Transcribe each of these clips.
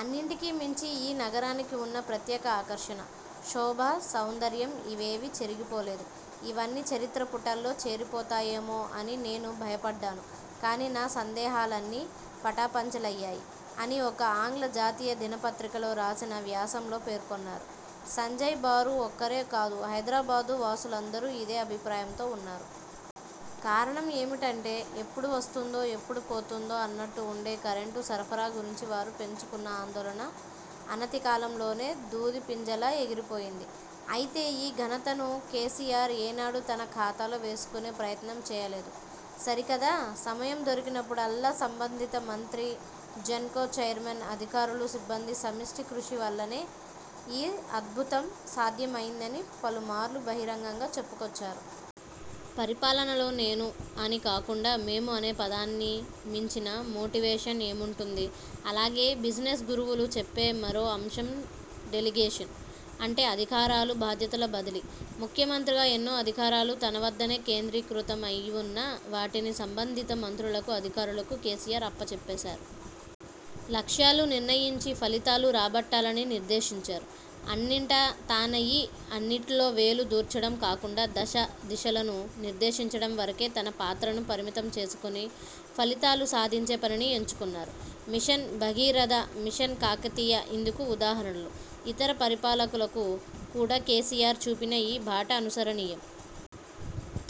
అన్నింటికీ మించి ఈ నగరానికి వున్న ప్రత్యేక ఆకర్షణ, శోభ, సౌందర్యం ఇవేవీ చెరిగిపోలేదు. ఇవన్నీ చరిత్ర పుటల్లో చేరిపోతాయేమో అని నేను భయపడ్డాను. కానీ నా సందేహాలన్నీ పటాపంచలయ్యాయి'' అని ఒక ఆంగ్ల జాతీయ దినపత్రికలో రాసిన వ్యాసంలో పేర్కొన్నారు. సంజయ్ బారు ఒక్కరే కాదు, హైదరాబాదు వాసులందరూ ఇదే అభిప్రాయంతో వున్నారు. కారణం ఏమిటంటే, ఎప్పుడు వస్తుందో, ఎప్పుడు పోతుందో అన్నట్టు వుండే కరెంటు సరఫరా గురించి వారు పెంచుకున్న ఆందోళన అనతికాలంలోనే దూదిపింజలా ఎగిరిపోయింది. అయితే ఈ ఘనతను కేసీఆర్ ఏనాడూ తన ఖాతాలో వేసుకునే ప్రయత్నం చేయలేదు. సరికదా, సమయం దొరికినప్పుడల్లా సంబంధిత మంత్రి, జెన్కో చైర్మన్, అధికారులు, సిబ్బంది సమష్టి కృషి వల్లనే ఈ 'అద్భుతం' సాధ్యం అయిందని పలుమార్లు బహిరంగంగా చెప్పుకొచ్చారు. పరిపాలనలో 'నేను' అని కాకుండా 'మేము' అనే పదాన్ని మించిన మోటివేషన్ ఏముంటుంది? అలాగే, బిజినెస్ గురువులు చెప్పే మరో అంశం డెలిగేషన్. అంటే అధికారాలు, బాధ్యతల బదిలీ. ముఖ్యమంత్రిగా ఎన్నో అధికారాలు తనవద్దనే కేంద్రీకృతం అయివున్నా వాటిని సంబంధిత మంత్రులకు, అధికారులకు కేసీఆర్ అప్పచెప్పేసారు. లక్ష్యాలు నిర్ణయించి, ఫలితాలు రాబట్టాలని నిర్దేశించారు. అన్నింటా తానయి, అన్నిట్లో వేలు దూర్చడం కాకుండా దశ, దిశలను నిర్దేశించడం వరకే తన పాత్రను పరిమితం చేసుకుని ఫలితాలు సాధించే పనిని ఎంచుకున్నారు. మిషన్ భగీరథ, మిషన్ కాకతీయ ఇందుకు ఉదాహరణలు. ఇతర పరిపాలకులకు కూడా కేసీఆర్ చూపిన ఈ బాట అనుసరణీయం.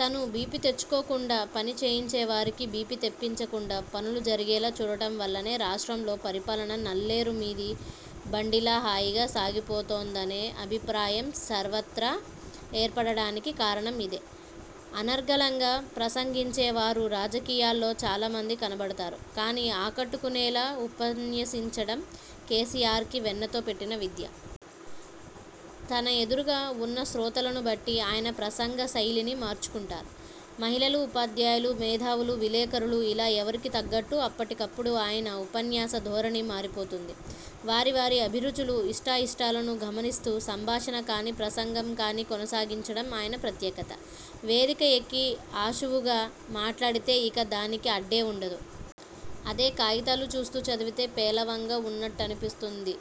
తను బీపీ తెచ్చుకోకుండా, పనిచేయించేవారికి బీపీ తెప్పించకుండా పనులు జరిగేలా చూడడం వల్లనే రాష్ట్రంలో పరిపాలన నల్లేరు మీది బండిలా హాయిగా సాగిపోతోందనే అభిప్రాయం సర్వత్రా ఏర్పడడానికి కారణం ఇదే. అనర్ఘళంగా ప్రసంగించేవారు రాజకీయాల్లో చాలామంది కనబడతారు. కానీ ఆకట్టుకునేలా ఉపన్యసించడం కేసీఆర్కి వెన్నతో పెట్టిన విద్య. తన ఎదురుగా వున్నశ్రోతలను బట్టి ఆయన ప్రసంగ శైలిని మార్చుకుంటారు. మహిళలు, ఉపాధ్యాయులు, మేధావులు, విలేకరులు ఇలా ఎవరికి తగ్గట్టు అప్పటికప్పుడు ఆయన ఉపన్యాస ధోరణి మారిపోతుంది. వారి వారి అభిరుచులు, ఇష్టాయిఇష్టాలను గమనిస్తూ సంభాషణ కానీ ప్రసంగం కానీ కొనసాగించడం ఆయన ప్రత్యేకత. వేదిక ఎక్కి ఆశువుగా మాట్లాడితే ఇక దానికి అడ్డే వుండదు. అదే కాగితాలు చూస్తూ చదివితే పేలవంగా వున్నట్టనిపిస్తుంది.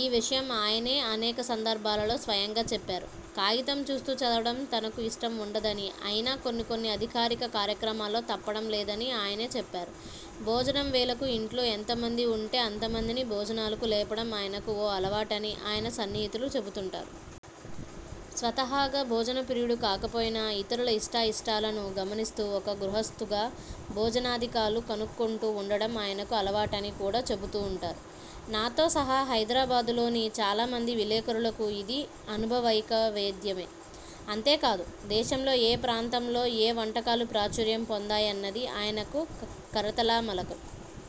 ఈ విషయం ఆయనే అనేక సందర్భాలలో స్వయంగా చెప్పారు. కాగితం చూస్తూ చదవడం తనకు ఇష్టం ఉండదని, అయినా కొన్ని కొన్ని అధికారిక కార్యక్రమాల్లో తప్పడం లేదని ఆయనే చెప్పారు. భోజనం వేళకు ఇంట్లో ఎంతమంది వుంటే అంతమందిని భోజనాలకు లేపడం ఆయనకు ఓ అలవాటని ఆయన సన్నిహితులు చెబుతుంటారు. స్వతహాగా భోజన ప్రియుడు కాకపోయినా ఇతరుల ఇష్టాయిష్టాలను గమనిస్తూ ఒక గృహస్తుగా భోజనాదికాలు కనుక్కుంటూ వుండడం ఆయనకు అలవాటని కూడా చెబుతూంటారు. నాతో సహా హైదరాబాదులోని చాలామంది విలేకరులకు ఇది అనుభవైకవేద్యమే. అంతే కాదు, దేశంలో ఏ ప్రాంతంలో ఏ వంటకాలు ప్రాచుర్యం పొందాయన్నది ఆయనకు కరతలామలకం.